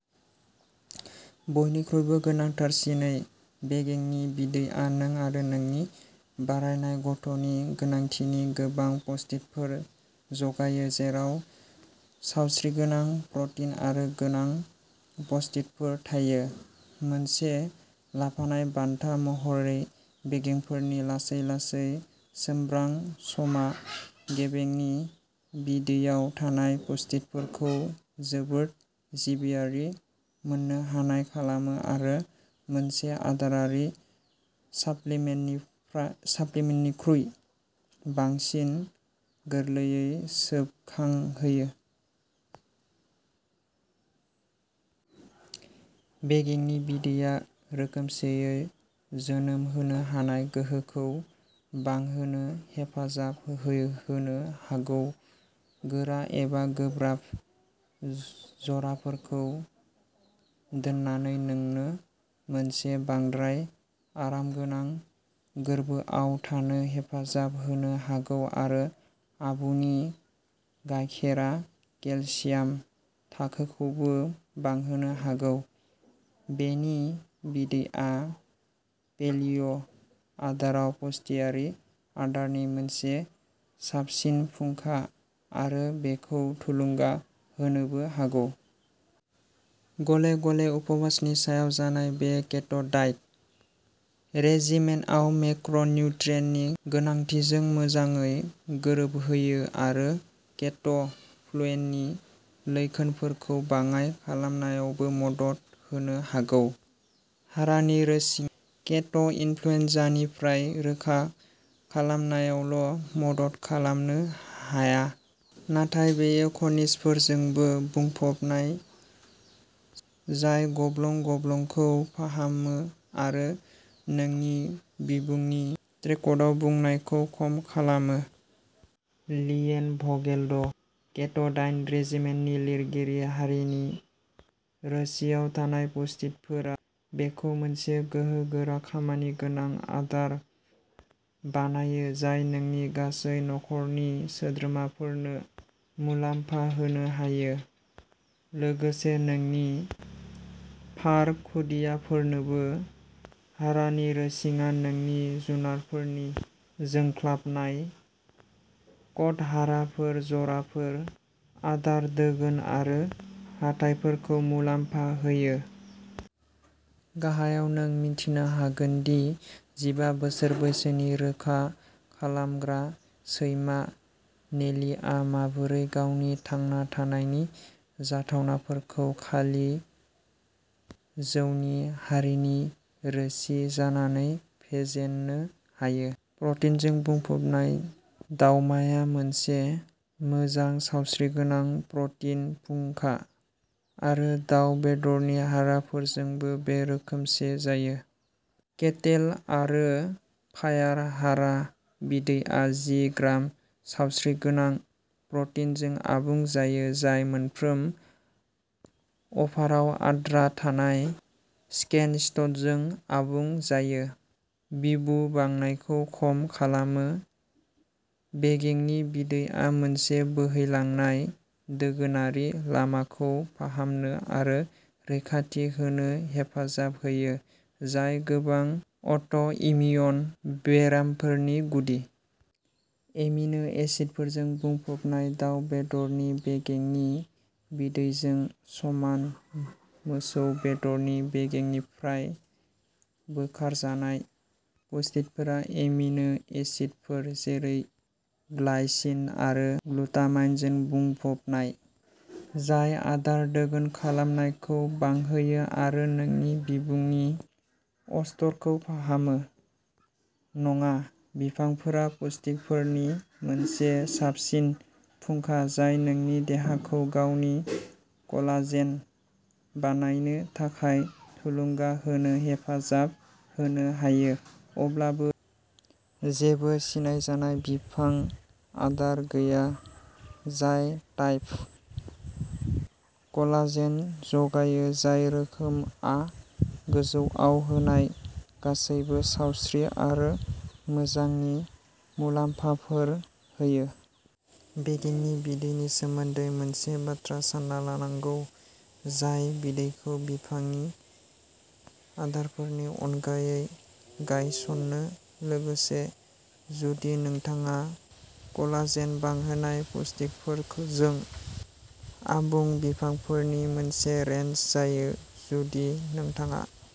बयनिख्रुइबो गोनांथारसिनै बेगेंनि बिदैया नों आरो नोंनि बारायनाय गथ'नि गोनांथिनि गोबां पुष्टिफोर जगायो जेराव सावस्रिगोनां प्र'टिन आरो गोनां पुष्टिफोर थायो। मोनसे लाफानाय बान्था महरै बेगेंफोरनि लासै लासै सोमब्रां समा गेबेंनि बिदैआव थानाय पुष्टिफोरखौ जोबोद जिबियारि मोननो हानाय खालामो आरो मोनसे आदारारि साप्लिमेन्टनिफाय साप्लिमेन्टनिख्रुइ बांसिन गोरलैयै सोबखांहोयो। बेगेंनि बिदैया रोखोमसेयै जोनोम होनो हानाय गोहोखौ बांहोनो हेफाजाब हो होनो हागौ गोरा एबा गोब्राब जराफोरखौ दोननानै नोंनो मोनसे बांद्राय आरामगोनां गोर्बोआव थानो हेफाजाब होनो हागौ आरो आबुनि गायखेराव केलसियाम थाखोखौबो बांहोनो हागौ। बेगेंनि बिदैया पेलिय'आदाराव पुष्टियारि आदारनि मोनसे साबसिन फुंखा आरो बेखौ थुलुंगा होनोबो हागौ। गले गले उपबासनि समाव जानाय बेयो केट'डाइट रेजिमेनआव मेक्र'निउट्रियेन्टनि गोनांथिजों मोजाङै गोरोबहोयो आरो केट'फ्लुइननि लैखोनफोरखौ बाङाइ खालामनायावबो मदद होनो हागौ। हारानि रोसिं केटो इन्फ्लुयेनजानिफ्राय रैखा खालामनायावल'मदद खालामनो हाया नाथाय बेयो खनिजफोरजोंबो बुंफबनाय जाय गब्लं गब्लंखौ फाहामो आरो नोंनि बिबुंनि ट्रेक्टआव बुनायखौ खम खालामो। लीएन भगेल द केट'डाइट रेजिमेननि लिरगिरि हारानि रोसिआव थानाय पुष्टिफोरा बेखौ मोनसे गोहोगोरा खामानिगोनां आदार बानायो जाय नोंनि गासै नखरनि सोद्रोमाफोरनो मुलाम्फा होनो हायो लोगोसे नोंनि फार खुदियाफोरनोबो। हारानि रोसिङा नोंनि जुनारफोरनि जोंख्लाबनाय कट हाराफोर जराफोर आदार दोगोन आरो हाथाइफोरखौ मुलाम्फा होयो। गाहायाव नों मिथिनो हागोन दि जिबा बोसोर बैसोनि रोखा खालामग्रा सैमा नेलिआ माबोरै गावनि थांना थानायनि जाथावनाफोरखौ खालि जौनि हारिनि रोसि जानानै फेजेननो हायो। प्रटिनजों बुंफबनाय दावमाया मोनसे मोजां सावस्रिगोनां प्रटिन फुंखा आरो दाव बेदरनि हाराफोरजोंबो बे रोखोमसे जायो। केटल आरो फायार हारा बिदैया जि ग्राम सावस्रिगोनां प्रटिनजों आबुं जायो जाय मोनफ्रोम अफारआव आद्रा थानाय चिकेन स्टकजों आबुं जायो। बिबु बुनायखौ खम खालामो बेगेंनि बिदैया मोनसे बोहैलांनाय दोगोनारि लामाखौ फाहामनो आरो रैखाथि होनो हेफाजाब होयो जाय गोबां अट'इमिउन बेरामफोरनि गुदि। एमिनो एसिडफोरजों बुंफबनाय दाव बेदरनि बेगेंनि बिदैजों समान मोसौ बेदरनि बेगेंनिफ्राय बोखारजानाय पुष्टिफोरा एमिनो एसिडफोर जेरै ग्लाइसिन आरो ग्लुटामाइनजों बुंफबनाय, जाय आदार दोगोन खालामनायखौ बांहोयो आरो नोंनि बिबुनि अस्तरखौ फाहामो। नङा। बिफांफोरा पुष्टिफोरनि मोनसे साबसिन फुंखा जाय नोंनि देहाखौ गावनि कलाजेन बानायनो थाखाय थुलुंगा होनो हेफाजाब होनो हायो अब्लाबो जेबो सिनायजानाय बिफां आदार गैया जाय टाइप I कलाजेन जगायो जाय रोखोमआ गोजौआव होनाय गासैबो सावस्रि आरो मोजांनि मुलाम्फाफोर होयो। बेगेंनि बिदैनि सोमोन्दै मोनसे बाथ्रा सानना लानांगौ जाय बिदैखौ बिफांनि आदारफोरनि अनगायै गायसनो लोगोसे जुदि नोंथाङा कलाजेन बांहोनाय पुष्टिफोरखोजों आबुं बिफांफोरनि मोनसे रेन्ज जायो जुदि नोंथाङा --